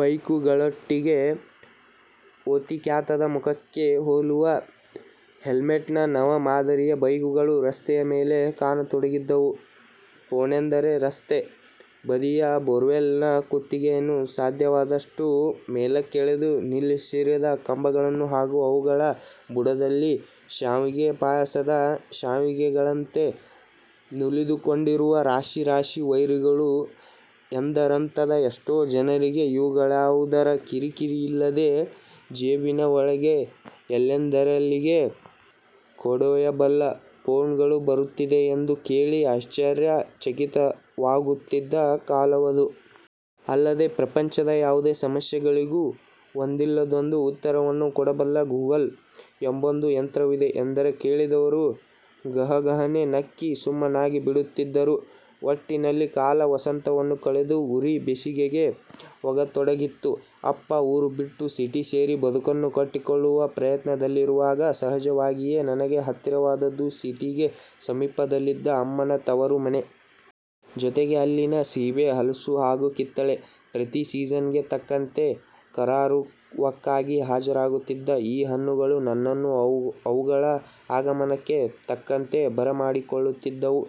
ಬೈಕುಗಳೊಟ್ಟಿಗೆ ಓತಿಕ್ಯಾತದ ಮುಖಕ್ಕೆ ಹೋಲುವ ಹೆಡ್ಲೈಟ್ ನ ನವ ಮಾದರಿಯ ಬೈಕುಗಳು ರಸ್ತೆಯ ಮೇಲೆ ಕಾಣತೊಡಗಿದ್ದವು, ಫೋನೆಂದರೆ ರಸ್ತೆ ಬದಿಯ ಬೋರವೆಲ್ ನ ಕುತ್ತಿಗೆಯನ್ನು ಸಾಧ್ಯವಾದಷ್ಟು ಮೇಲಕ್ಕೆಳೆದು ನಿಲ್ಲಿಸಿರಿವ ಕಂಬಗಳು ಹಾಗು ಅವುಗಳ ಬುಡದಲ್ಲಿ ಶಾವಿಗೆ ಪಾಯಸದ ಶಾವಿಗೆಗಳಂತೆ ನುಲಿದುಕೊಂಡಿರುವ ರಾಶಿ ರಾಶಿ ವೈರುಗಳು ಎಂದರಿತ್ತದ್ದ ಎಷ್ಟೋ ಜನರಿಗೆ ಇವುಗಳ್ಯಾವುದರ ಕಿರಿ- ಕಿರಿ ಇಲ್ಲದೆ ಜೇಬಿನ ಒಳಗೆ ಎಲ್ಲೆಂದರಲ್ಲಿಗೆ ಕೊಡೊಯ್ಯಬಲ್ಲ ಫೋನುಗಳು ಬರುತ್ತಿದೆ ಎಂದು ಕೇಳಿ ಆಶ್ಚರ್ಯ ಚಕಿತವಾಗುತ್ತಿದ್ದ ಕಾಲವದು.. ಅಲ್ಲದೆ ಪ್ರಪಂಚದ ಯಾವುದೇ ಸಮಸ್ಯೆಗಳಿಗೂ ಒಂದಿಲ್ಲೊಂದು ಉತ್ತರವನ್ನು ಕೊಡಬಲ್ಲ 'ಗೂಗಲ್' ಎಂಬೊಂದು ಯಂತ್ರವಿದೆ ಎಂದರೆ ಕೇಳಿದವರು ಗಹಗಹನೇ ನಕ್ಕಿ ಸುಮ್ಮನಾಗಿಬಿಡುತ್ತಿದ್ದರು. ಒಟ್ಟಿನಲ್ಲಿ ಕಾಲ ವಸಂತವನ್ನು ಕಳೆದು ಉರಿ ಬೇಸಿಗೆಗೆ ಒಗ್ಗತೊಡಗಿತ್ತು. ಅಪ್ಪ ಊರು ಬಿಟ್ಟು ಸಿಟಿ ಸೇರಿ ಬದುಕನ್ನು ಕಟ್ಟಿಕೊಳ್ಳುವ ಪ್ರಯತ್ನದಲ್ಲಿರುವಾಗ ಸಹಜವಾಗಿಯೇ ನನಗೆ ಹತ್ತಿರವಾದದ್ದು ಸಿಟಿಗೆ ಸಮೀಪದಲ್ಲಿದ್ದ ಅಮ್ಮನ ತವರು ಮನೆ. ಜೊತೆಗೆ ಅಲ್ಲಿನ ಸೀಬೆ ಹಲಸು ಹಾಗು ಕಿತ್ತಳೆ. ಪ್ರತಿ ಸೀಸನ್ ಗೆ ತಕ್ಕಂತೆ ಕರಾರುವಕ್ಕಾಗಿ ಹಾಜರಾಗುತಿದ್ದ ಈ ಹಣ್ಣುಗಳು ನನ್ನನೂ ಅವುಗಳ ಆಗಮನಕ್ಕೆ ತಕ್ಕಂತೆ ಬರಮಾಡಿಕೊಳ್ಳುತ್ತಿದ್ದವು.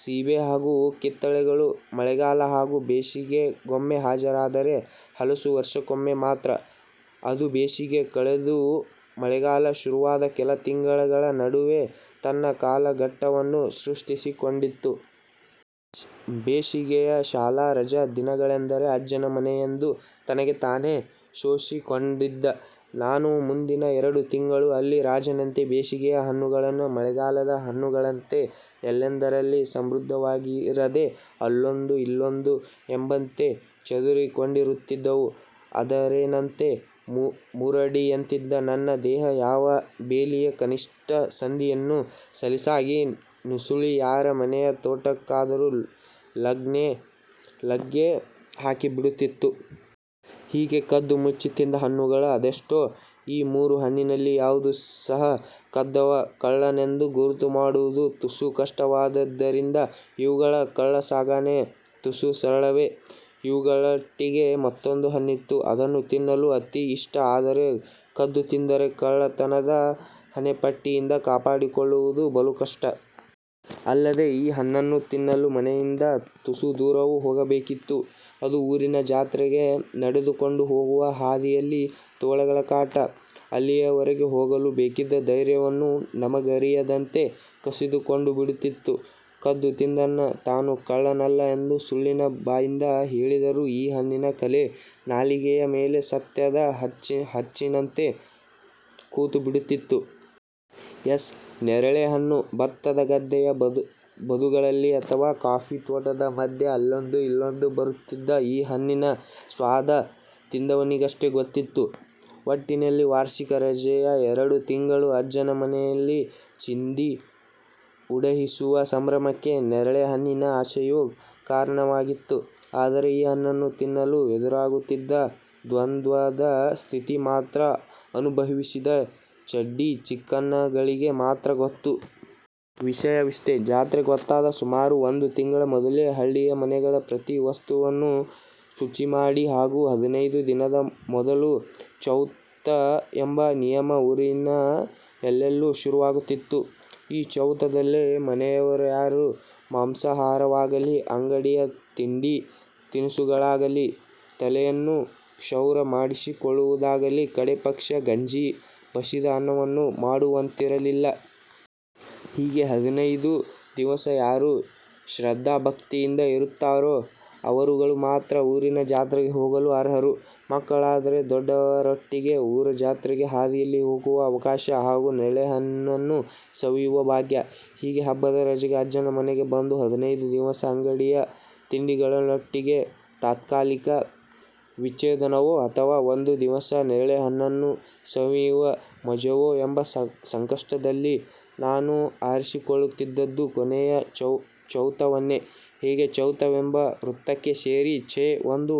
ಸೀಬೆ ಹಾಗು ಕಿತ್ತಳೆಗಳು ಮಳೆಗಾಲ ಹಾಗು ಬೇಸಿಗೆಗೊಮ್ಮೆ ಹಾಜರಾದರೆ ಹಲಸು ವರ್ಷಕೊಮ್ಮೆ ಮಾತ್ರ. ಅದೂ ಬೇಸಿಗೆ ಕಳೆದು ಮೆಳೆಗಾಲ ಶುರುವಾದ ಕೆಲ ತಿಂಗಳುಗಳ ನಡುವೆ ತನ್ನ ಕಾಲಘಟ್ಟವನ್ನು ಸೃಷ್ಟಿಸಿಕೊಂಡಿತ್ತು. ಬೇಸಿಗೆಯ ಶಾಲಾ ರಜ ದಿನಗಳೆಂದರೆ ಅಜ್ಜನ ಮನೆಯೆಂದು ತನಗೆ ತಾನೆ ಘೋಷಿಸಿಕೊಂಡಿದ್ದ ನಾನು ಮುಂದಿನ ಎರಡು ತಿಂಗಳು ಅಲ್ಲಿ ರಾಜನಂತೆ. ಬೇಸಿಗೆಯ ಹಣ್ಣುಗಳು ಮಳೆಗಾಲದ ಹಣ್ಣುಗಳಂತೆ ಎಲ್ಲೆಂದರಲ್ಲಿ ಸಮೃದ್ದವಾಗಿರದೆ ಅಲ್ಲೊಂದು ಇಲ್ಲೊಂದು ಎಂಬಂತೆ ಚದುರಿಕೊಂಡಿರುತಿದ್ದವು. ಆದರೇನಂತೆ, ಮೂರಡಿಯಂತಿದ್ದ ನನ್ನ ದೇಹ ಯಾವ ಬೇಲಿಯ ಕನಿಷ್ಠ ಸಂದಿಯನ್ನೂ ಸಲೀಸಾಗಿ ನುಸುಳಿ ಯಾರ ಮನೆಯ ತೋಟಕ್ಕಾದರೂ ಲಗ್ಗೆ ಹಾಕಿಬಿಡುತ್ತಿತ್ತು. ಹೀಗೆ ಕದ್ದು ಮುಚ್ಚಿ ತಿಂದ ಹಣ್ಣುಗಳು ಅದೆಷ್ಟೋ. ಈ ಮೂರೂ ಹಣ್ಣಿನಲ್ಲಿ ಯಾವುದೂ ಸಹ ಕದ್ದವ ಕಳ್ಳನೆಂದು ಗುರುತು ಮಾಡುವುದು ತುಸು ಕಷ್ಟವಾದರಿಂದ ಇವುಗಳ ಕಳ್ಳಸಾಗಣೆ ತುಸು ಸರಳವೇ. ಇವುಗಳೊಟ್ಟಿಗೆ ಮತ್ತೊಂದು ಹಣ್ಣಿತ್ತು. ಅದನ್ನು ತಿನ್ನಲು ಅತಿ ಇಷ್ಟ ಆದರೆ ಕದ್ದು ತಿಂದರೆ ಕಳ್ಳತನದ ಹಣೆಪಟ್ಟಿಯಿಂದ ಕಾಪಾಡಿಕೊಳ್ಳುವುದು ಬಲುಕಷ್ಟ. ಅಲ್ಲದೆ ಈ ಹಣ್ಣನು ತಿನ್ನಲು ಮನೆಯಿಂದ ತುಸು ದೂರವೂ ಹೋಗಬೇಕಿತ್ತು, ಅದೂ ಊರಿನ ಜಾತ್ರೆಗೆ ನೆಡೆದುಕೊಂಡು ಹೋಗುವ ಹಾದಿಯಲ್ಲಿ. ತೋಳಗಳ ಕಾಟ ಅಲ್ಲಿಯವರೆಗೂ ಹೋಗಲು ಬೇಕಿದ್ದ ಧೈರ್ಯವನ್ನು ನಮಗರಿಯದಂತೆ ಕಸಿದುಕೊಂಡುಬಿಟ್ಟಿತ್ತು. ಕದ್ದು ತಿಂದವ ತಾನು ಕಳ್ಳನಲ್ಲ ಎಂದು ಸುಳ್ಳಿನ ಬಾಯಿಂದ ಹೇಳಿದರೂ ಈ ಹಣ್ಣಿನ ಕಲೆ ನಾಲಿಗೆಯ ಮೇಲೆ ಸತ್ಯದ ಹಚ್ಚಿನಂತೆ ಕೂತಿಬಿಡುತಿತ್ತು. ಯಸ್, ನೇರಳೆ ಹಣ್ಣು. ಭತ್ತದ ಗದ್ದೆಯ ಬದುಗಳಲ್ಲಿ ಅಥವಾ ಕಾಫೀ ತೋಟದ ಮದ್ಯೆ ಅಲ್ಲೊಂದೂ ಇಲ್ಲೊಂದೂ ಇರುತಿದ್ದ ಈ ಹಣ್ಣಿನ ಸ್ವಾದ ತಿಂದವನಿಗಷ್ಟೇ ಗೊತ್ತಿತ್ತು. ಒಟ್ಟಿನಲ್ಲಿ ವಾರ್ಷಿಕ ರಜೆಯ ಎರಡು ತಿಂಗಳೂ ಅಜ್ಜನ ಮನೆಯಲ್ಲಿ ಚಿಂದಿ ಊಡಹಿಸುವ ಸಂಭ್ರಮಕ್ಕೆ ನೇರಳೆ ಹಣ್ಣಿನ ಆಸೆಯೂ ಕಾರಣವಾಗಿತ್ತು. ಆದರೆ ಈ ಹಣ್ಣನು ತಿನ್ನಲು ಎದುರಾಗುತ್ತಿದ್ದ ದ್ವಂದ್ವದ ಸ್ಥಿತಿ ಮಾತ್ರ ಅನುಬಹಿವಿಸಿದ ಚಡ್ಡಿ ಚಿಕ್ಕಣ್ಣಗಳಿಗೆ ಮಾತ್ರ ಗೊತ್ತು. ವಿಷಯವಿಷ್ಟೇ. ಜಾತ್ರೆ ಗೊತ್ತಾದ ಸುಮಾರು ಒಂದು ತಿಂಗಳ ಮೊದಲೇ ಹಳ್ಳಿಯ ಮನೆಗಳ ಪ್ರತಿ ವಸ್ತುವನ್ನೂ ಶುಚಿಮಾಡಿ ಹಾಗು ಹದಿನೈದು ದಿನದ ಮೊದಲು 'ಚೌತ' ಎಂಬ ನಿಯಮ ಊರಿನ ಎಲ್ಲೆಲ್ಲೂ ಶುರುವಾಗುತ್ತಿತ್ತು. ಈ ಚೌತದಲ್ಲಿ ಮನೆಯವರ್ಯಾರು ಮಾಂಸಾಹಾರವಾಗಲಿ, ಅಂಗಡಿಯ ತಿಂಡಿ ತಿನಿಸುಗಳಾಗಲಿ, ತಲೆಯನ್ನು ಕ್ಷೌರ ಮಾಡಿಸಿಕೊಳ್ಳುವುದಾಗಲಿ ಕಡೆ ಪಕ್ಷ ಗಂಜಿ ಬಸಿದ ಅನ್ನವನ್ನೂ ಮಾಡುವಂತಿರಲಿಲ್ಲ. ಹೀಗೆ ಹದಿನೈದು ದಿವಸ ಯಾರು ಶ್ರದ್ದಾಭಕ್ತಿಯಿಂದ ಇರುತ್ತಾರೋ ಅವರುಗಳು ಮಾತ್ರ ಊರಿನ ಜಾತ್ರೆಗೆ ಹೋಗಲು ಅರ್ಹರು. ಮಕ್ಕಳಾದರೆ, ದೊಡ್ಡವರೊಟ್ಟಿಗೆ ಊರ ಜಾತ್ರೆಯ ಹಾದಿಯಲ್ಲಿ ಹೋಗುವ ಅವಕಾಶ ಹಾಗು ನೇರಳೆ ಹಣ್ಣನು ಸವಿಯುವ ಭಾಗ್ಯ. ಹೀಗೆ ಹಬ್ಬದ ರಜೆಗೆ ಅಜ್ಜನ ಮನೆಗೆ ಬಂದು ಹದಿನೈದು ದಿವಸ ಅಂಗಡಿಯ ತಿಂಡಿಗಳೊಟ್ಟಿಗೆ ತಾತ್ಕಾಲಿಕ ವಿಚ್ಛೇದನವೋ ಅಥವಾ ಒಂದು ದಿವಸ ನೇರಳೆ ಹಣ್ಣನ್ನು ಸವಿಯುವ ಮಜವೋ ಎಂಬ ಸಂಕಷ್ಟದಲ್ಲಿ ನಾನು ಆರಿಸಿಕೊಳ್ಳುತಿದ್ದದು ಕೊನೆಗೆ ಚೌತವನ್ನೇ. ಹೀಗೆ ಚೌತವೆಂಬ ವ್ರತಕ್ಕೆ ಸೇರಿ 'ಛೆ! ಒಂದು